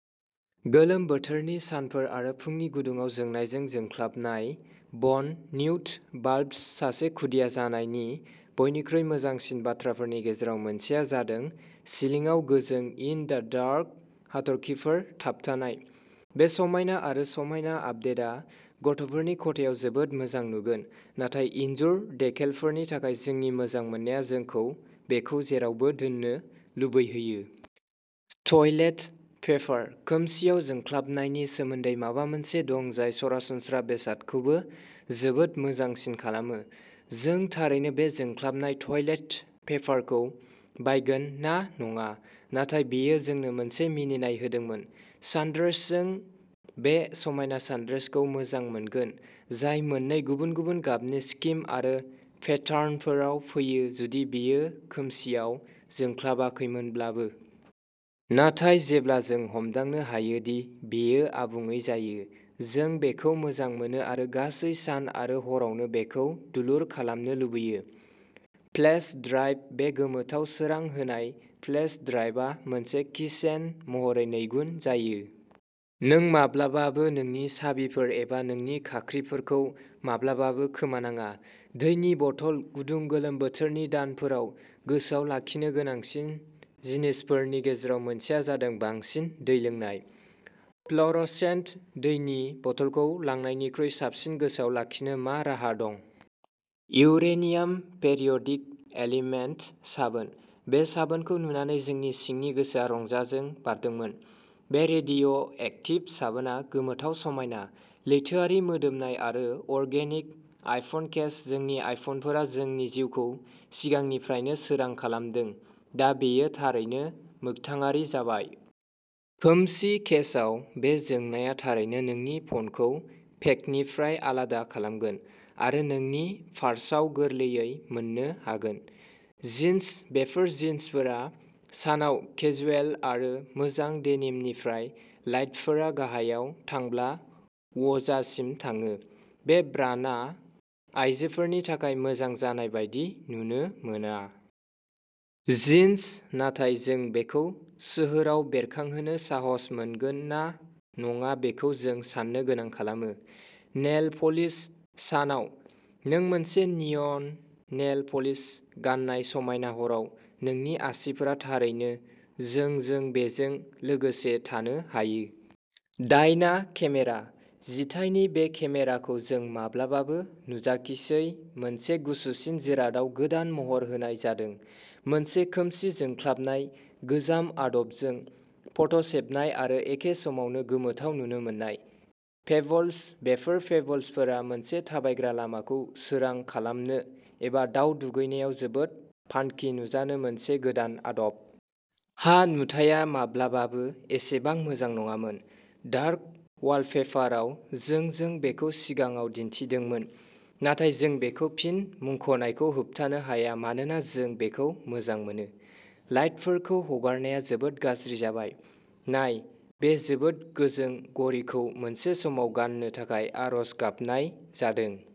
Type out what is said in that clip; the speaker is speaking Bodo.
गोलोम बोथोरनि सानफोर आरो फुंनि गुदुङाव जोंनायजों जोंख्लाबनाय...! बन निउट बाल्ब्स: सासे खुदिया जानायनि बयनिख्रुइ मोजांसिन बाथ्राफोरनि गेजेराव मोनसेआ जादों सिलिंआव गोजों-इन-दा-डार्क हाथरखिफोर थाबथानाय। बे समायना आरो समायना आपडेटा गथ'फोरनि खथायाव जोबोद मोजां नुगोन, नाथाय इनजुर देकेलफोरनि थाखाय जोंनि मोजां मोननाया जोंखौ बेखौ जेरावबो दोननो लुबैहोयो। टयलेट पेपार: खोमसिआव जोंख्लाबनायनि सोमोन्दै माबा मोनसे दं जाय सरासनस्रा बेसादखौबो जोबोद मोजांसिन खालामो। जों थारैनो बे जोंख्लाबनाय टयलेट पेपारखौ बायगोन ना नङा, नाथाय बेयो जोंनो मोनसे मिनिनाय होदोंमोन। सानड्रेस: जों बे समायना सानड्रेसखौ मोजां मोनगोन, जाय मोननै गुबुन-गुबुन गाबनि स्किम आरो पेटार्नफोराव फैयो, जुदि बेयो खोमसिआव जोंख्लाबाखैमोनब्लाबो। नाथाय जेब्ला जों हमदांनो हायोदि बेयो आबुङै जायो, जों बेखौ मोजां मोनो आरो गासै सान आरो हरावनो बेखौ दुलुर खालामनो लुबैयो। फ्लेश ड्राइभ: बे गोमोथाव सोरां होनाय फ्लेश ड्राइभआ मोनसे कीचेन महरै नैगुन जायो... नों माब्लाबाबो नोंनि साबिफोर एबा नोंनि खाख्रिफोरखौ माब्लाबाबो खोमानाङा। दैनि बथल: गुदुं गोलोम बोथोरनि दानफोराव गोसोआव लाखिनो गोनांसिन जिनिसफोरनि गेजेराव मोनसेआ जादों बांसिन दै लोंनाय। फ्ल'रसेन्ट दैनि बथलखौ लांनायनिख्रुइ साबसिन गोसोआव लाखिनो मा राहा दं? इउरेनियाम पेरियडिक एलिमेन्ट साबोन: बे साबोनखौ नुनानै जोंनि सिंनि गोसोआ रंजाजों बारदोंमोन। बे "रेडिय'एक्टिभ" साबोनआ गोमोथाव-समायना, लैथोआरि-मोदोमनाय आरो अर्गेनिक। आइफन केस: जोंनि आइफनफोरा जोंनि जिउखौ सिगांनिफ्रायनो सोरां खालामदों... दा बेयो थारैनो मोगथाङारि जाबाय। खोमसि केसआव बे जोंनाया थारैनो नोंनि फ'नखौ पेकनिफ्राय आलादा खालामगोन... आरो नोंनि पार्साव गोरलैयै मोन्नो हागोन! जिन्स: बेफोर जिन्सफोरा सानाव केजुएल आरो मोजां डेनिमनिफ्राय लाइटफोरा गाहायाव थांब्ला व'जासिम थाङो। बे ब्रान्डआ आयजोफोरनि थाखाय मोजां जानाय बायदि नुनो मोना। जिन्स, नाथाय जों बेखौ सोहोराव बेरखांहोनो साहस मोनगोन ना नङा बेखौ जों साननो गोनां खालामो। नेल पलिश: सानाव, नों मोनसे नियन नेल पलिश गान्नाय समायना; हराव, नोंनि आसिफोरा थारैनो जों जों बेजों लोगोसे थानो हायो! डायना केमेरा: जिथाइनि बे केमेराखौ जों माब्लाबाबो नुजाखिसै मोनसे गुसुसिन जिरादआव गोदान महर होनाय जादोंः मोनसे खोमसि जोंख्लाबनाय, गोजाम आदबजों फट'सेबनाय आरो एखे समावनो गोमोथाव नुनो मोननाय। पेबल्स: बेफोर पेबल्सफोरा मोनसे थाबायग्रा लामाखौ सोरां खालामनो एबा दाउ दुगैनायाव जोबोद फानकि नुजानो मोनसे गोदान आदब। हा नुथाया माब्लाबाबो एसेबां मोजां नङामोन। डार्क वालपेपाराव जों जों बेखौ सिगाङाव दिन्थिदोंमोन, नाथाय जों बेखौ फिन मुंख'नायखौ होबथानो हाया मानोना, जों बेखौ मोजां मोनो। लाइटफोरखौ हगारनाया जोबोद गाज्रि जाबाय। नाय: बे जोबोद गोजों घड़िखौ मोनसे समाव गाननो थाखाय आरज गाबनाय जादों।